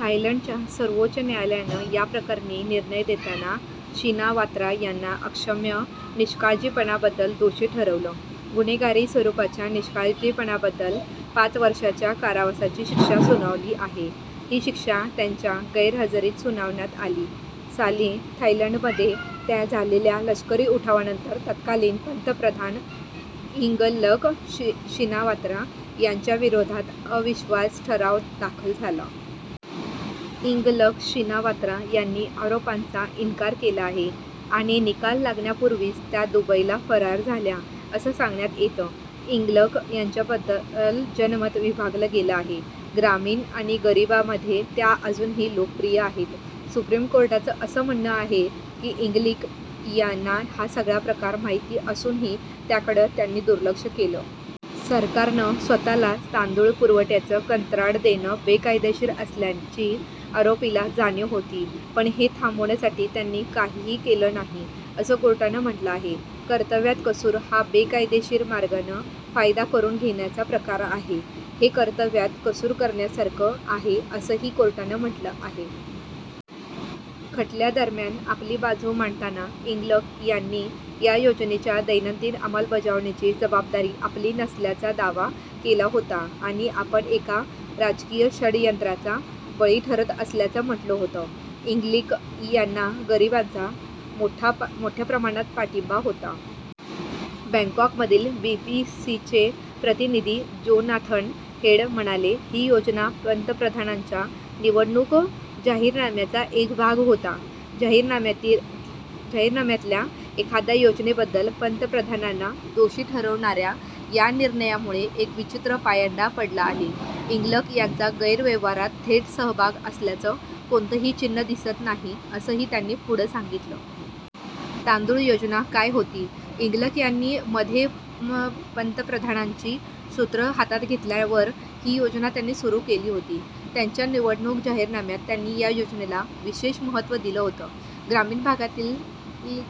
थायलंडच्या सर्वोच्च न्यायालयानं या प्रकरणी निर्णय देताना शिनावात्रा यांना अक्षम्य निष्काळजीपणाबद्दल दोषी ठरवलं. गुन्हेगारी स्वरूपाच्या निष्काळजीपणाबद्दल पाच वर्षाच्या कारावासाची शिक्षा सुनावली आहे. ही शिक्षा त्यांच्या गैरहजेरीत सुनावण्यात आली. साली थायलंडमध्ये झालेल्या लष्करी उठावानंतर तत्कालीन पंतप्रधान यिंगलक शिनावात्रा यांच्याविरोधात अविश्वास ठराव दाखल झाला. यिंगलक शिनावात्रा यांनी आरोपांचा इन्कार केला आहे आणि निकाल लागण्यापूर्वीच त्या दुबईला फरार झाल्या असं सांगण्यात येतं. यिंगलक यांच्याबद्दल जनमत विभागलं गेलं आहे. ग्रामीण आणि गरीबांमध्ये त्या अजूनही लोकप्रिय आहेत. सुप्रीम कोर्टाचं असं म्हणणं आहे की, यिंगलिक यांना हा सगळा प्रकार माहिती असूनही त्याकडे त्यांनी दुर्लक्ष केलं. सरकारनं स्वतःलाच तांदूळ पुरवठ्याचं कंत्राट देणं बेकायदेशीर असल्याची आरोपीला जाणीव होती. पण हे थांबवण्यासाठी त्यांनी काहीही केलं नाही, असं कोर्टानं म्हटलं आहे. कर्तव्यात कसूर हा बेकायदेशीर मार्गाने फायदा करून घेण्याचा प्रकार आहे. हे कर्तव्यात कसूर करण्यासारखं आहे, असंही कोर्टानं म्हटलं आहे. खटल्या दरम्यान, आपली बाजू मांडताना यिंगलक यांनी या योजनेच्या दैनंदिन अंमलबजावणीची जबाबदारी आपली नसल्याचा दावा केला होता आणि आपण एका राजकीय षड्यंत्राचा बळी ठरत असल्याचं म्हटलं होतं. यिंगलिक यांना गरिबांचा मोठ्या प्रमाणात पाठिंबा होता. बॅंकॉकमधील बीबीसीचे प्रतिनिधी जोनाथन हेड म्हणाले, ही योजना पंतप्रधानांच्या निवडणूक जाहीरनाम्याचा एक भाग होता. जाहीरनाम्यातल्या एखाद्या योजनेबद्दल पंतप्रधानांना दोषी ठरवणाऱ्या या निर्णयामुळे एक विचित्र पायंडा पडला आहे. यिंगलक यांचा गैरव्यवहारात थेट सहभाग असल्याचं कोणतंही चिन्हं दिसत नाही, असंही त्यांनी पुढे सांगितलं. तांदूळ योजना काय होती? यिंगलक यांनी मध्ये पंतप्रधानपदाची सूत्रं हातात घेतल्यावर ही योजना त्यांनी सुरू केली होती. त्यांच्या निवडणूक जाहीरनाम्यात त्यांनी या योजनेला विशेष महत्त्व दिलं होतं. ग्रामीण भागातील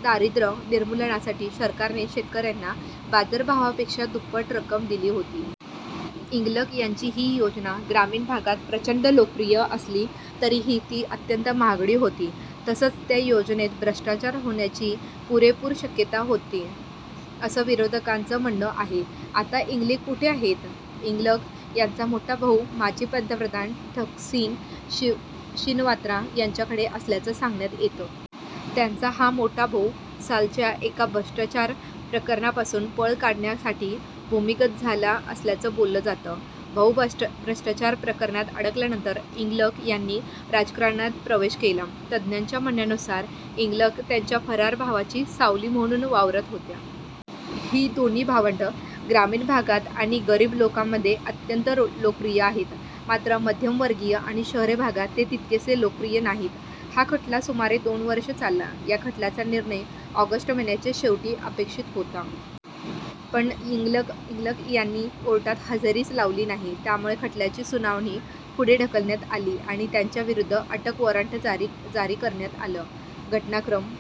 दारिद्र्य निर्मूलनासाठी सरकारने शेतकऱ्यांना बाजारभावापेक्षा दुप्पट रक्क्म दिली होती. यिंगलक यांची ही योजना ग्रामीण भागात प्रचंड लोकप्रिय असली तरीही ती अत्यंत महागडी होती. तसंच त्या योजनेत भ्रष्टाचार होण्याची पुरेपूर शक्यता होता, असं विरोधकांचं म्हणणं आहे. आता यिंगलिक कुठे आहेत? यिंगलक त्यांचा मोठा भाऊ माजी पंतप्रधान ठकसिन शिनवात्रा यांच्याकडे असल्याचं सांगण्यात येतं. त्यांचा हा मोठा भाऊ सालच्या एका भ्रष्टाचार प्रकरणापासून पळ काढण्यासाठी भूमिगत झाला असल्याचं बोललं जातं. भाऊ भ्रष्टाचार प्रकरणात अडकल्यानंतर यिंगलक यांनी राजकारणात प्रवेश केला. तज्ज्ञांच्या म्हणण्यानुसार यिंगलक त्यांच्या फरार भावाची सावली म्हणून वावरत होत्या. ही दोन्ही भावंडं ग्रामीण भागात आणि गरीब लोकांमध्ये अत्यंत लोकप्रिय आहेत. मात्र मध्यमवर्गीय आणि शहरी भागात ते तितकेसे लोकप्रिय नाहीत. हा खटला सुमारे दोन वर्षं चालला. या खटल्याचा निर्णय ऑगस्ट महिन्याच्या शेवटी अपेक्षित होता. पण यिंगलक यांनी कोर्टात हजेरीच लावली नाही. त्यामुळे खटल्याची सुनावणी पुढे ढकलण्यात आली आणि त्यांच्याविरूद्ध अटक वॉरंट जारी करण्यात आलं. घटनाक्रम